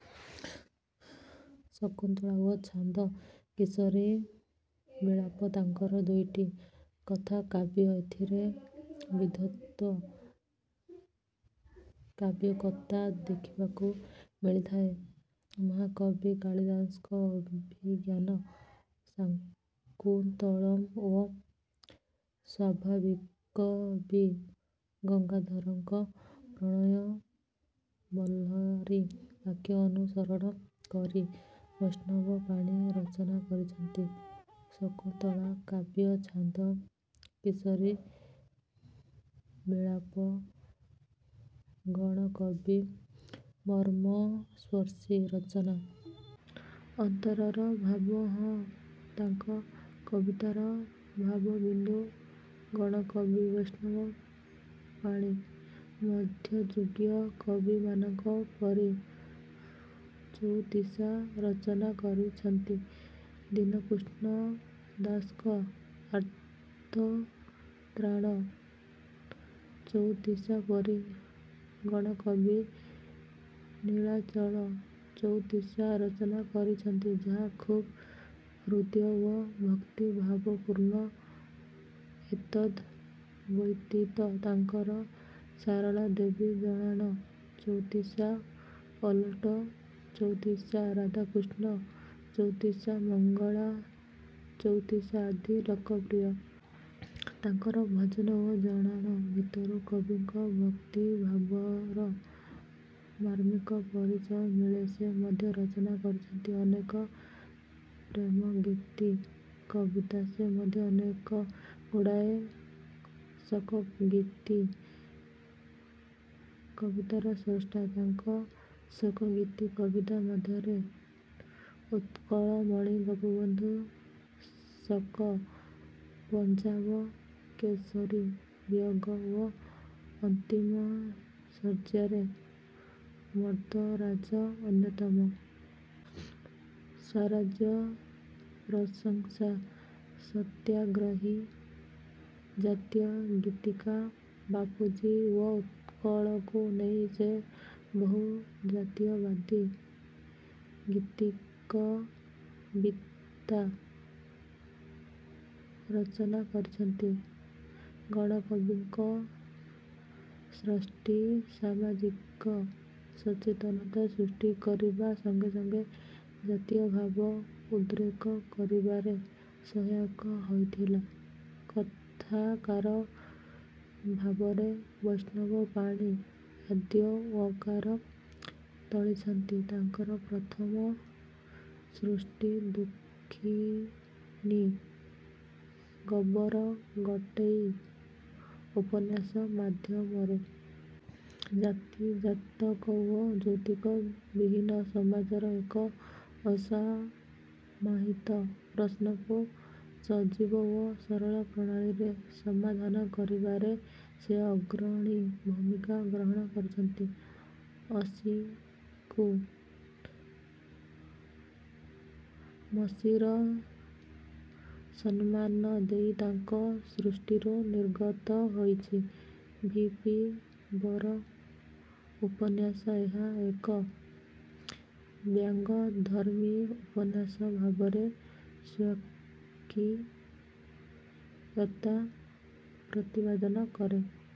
ଶକୁନ୍ତଳା ଓ ଛାନ୍ଦ କିଶୋରୀ ବିଳାପ ତାଙ୍କର ଦୁଇଟି ଗାଥାକାବ୍ୟ। ଏଥିରେ ବିଦଗ୍ଧ କାବ୍ୟିକତା ଦେଖିବାକୁ ମିଳିଥାଏ। ମହାକବି କାଳିଦାସଙ୍କ 'ଅଭିଜ୍ଞାନ ଶାକୁନ୍ତଳମ୍' ଓ ସ୍ୱଭାବକବି ଗଙ୍ଗାଧରଙ୍କ 'ପ୍ରଣୟ ବଲ୍ଲରୀ' କାବ୍ୟ ଅନୁସରଣ କରି ବୈଷ୍ଣବ ପାଣି ରଚନା କରିଛନ୍ତି 'ଶକୁନ୍ତଳା' କାବ୍ୟ। 'ଛାନ୍ଦ କିଶୋରୀ ବିଳାପ' ଗଣକବିଙ୍କ ମର୍ମସ୍ପର୍ଶୀ ରଚନା। ଅନ୍ତରର ଭାବ ହିଁ ତାଙ୍କ କବିତାର ଭାବବିନ୍ଦୁ। ଗଣକବି ବୈଷ୍ଣବ ପାଣି ମଧ୍ୟଯୁଗୀୟ କବିମାନଙ୍କ ପରି ଚଉତିଶା ରଚନା କରିଛନ୍ତି। ଦୀନକୃଷ୍ଣ ଦାସଙ୍କ 'ଆର୍ତ୍ତତ୍ରାଣ ଚଉତିଶା' ପରି ଗଣକବି 'ନୀଳାଚଳ ଚଉତିଶା' ରଚନା କରିଛନ୍ତି, ଯାହା ଖୁବ୍ ହୃଦ୍ୟ ଓ ଭକ୍ତିଭାବପୂର୍ଣ୍ଣ। ଏତଦ୍ ବ୍ୟତୀତ ତାଙ୍କର ସାରଳା ଦେବୀ ଜଣାଣ ଚଉତିଶା, ଓଲଟ ଚଉତିଶା, ରାଧାକୃଷ୍ଣ ଚଉତିଶା, ମଙ୍ଗଳା ଚଉତିଶା ଆଦି ଲୋକପ୍ରିୟ। ତାଙ୍କର ଭଜନ ଓ ଜଣାଣ ଭିତରୁ କବିଙ୍କର ଭକ୍ତିଭାବର ମାର୍ମିକ ପରିଚୟ ମିଳେ। ସେ ମଧ୍ୟ ରଚନା କରିଛନ୍ତି ଅନେକ ପ୍ରେମଗୀତି କବିତା। ସେ ମଧ୍ୟ ଅନେକ ଗୁଡ଼ିଏ ଶୋକଗୀତି କବିତାର ସ୍ରଷ୍ଟା। ତାଙ୍କ ଶୋକଗୀତି କବିତା ମଧ୍ୟରେ 'ଉତ୍କଳମଣି ଗୋପବନ୍ଧୁ ଶୋକ', 'ପଞ୍ଜାବ କେଶରୀ ବିୟୋଗ' ଓ 'ଅନ୍ତିମ ଶଯ୍ୟାରେ ମର୍ଦ୍ଦରାଜ' ଅନ୍ୟତମ। ସ୍ୱରାଜ୍ୟ ପ୍ରଶଂସା, ସତ୍ୟାଗ୍ରହୀ, ଜାତୀୟ ଗୀତିକା, ବାପୁଜୀ ଓ ଉତ୍କଳକୁ ନେଇ ସେ ବହୁ ଜାତୀୟବାଦୀ ଗୀତିକବିତା ରଚନା କରିଛନ୍ତି। ଗଣକବିଙ୍କ ସୃଷ୍ଟି ସାମାଜିକ ସଚେତନତା ସୃଷ୍ଟି କରିବା ସଙ୍ଗେ ସଙ୍ଗେ ଜାତୀୟଭାବ ଉଦ୍ରେକ କରିବାରେ ସହାୟକ ହୋଇଥିଲା। କଥାକାର ଭାବରେ ବୈଷ୍ଣବ ପାଣି ଆଦ୍ୟ ଓଁକାର ତୋଳିଛନ୍ତି ତାଙ୍କର ପ୍ରଥମ ସୃଷ୍ଟି 'ଦୁଃଖିନୀ ଗୋବର ଗୋଟେଇ' ଉପନ୍ୟାସ ମାଧ୍ୟମରେ। ଜାତି, ଜାତକ ଓ ଯୌତୁକ ବିହୀନ ସମାଜର ଏକ ଅସମାହିତ ପ୍ରଶ୍ନକୁ ସଜୀବ ଓ ସରଳ ପ୍ରଣାଳୀରେ ସମାଧାନ କରିବାରେ ସେ ଅଗ୍ରଣୀ ଭୂମିକା ଗ୍ରହଣ କରିଛନ୍ତି। ଅସୀକୁ ମସୀର ସମ୍ମାନ ଦେଇ ତାଙ୍କ ସୃଷ୍ଟିରୁ ନିର୍ଗତ ହୋଇଛି 'ଭି. ପି. ବର' ଉପନ୍ୟାସ। ଏହା ଏକ ବ୍ୟଙ୍ଗଧର୍ମୀ ଉପନ୍ୟାସ ଭାବରେ ସ୍ୱକୀୟତା ପ୍ରତିପାଦନ କରେ।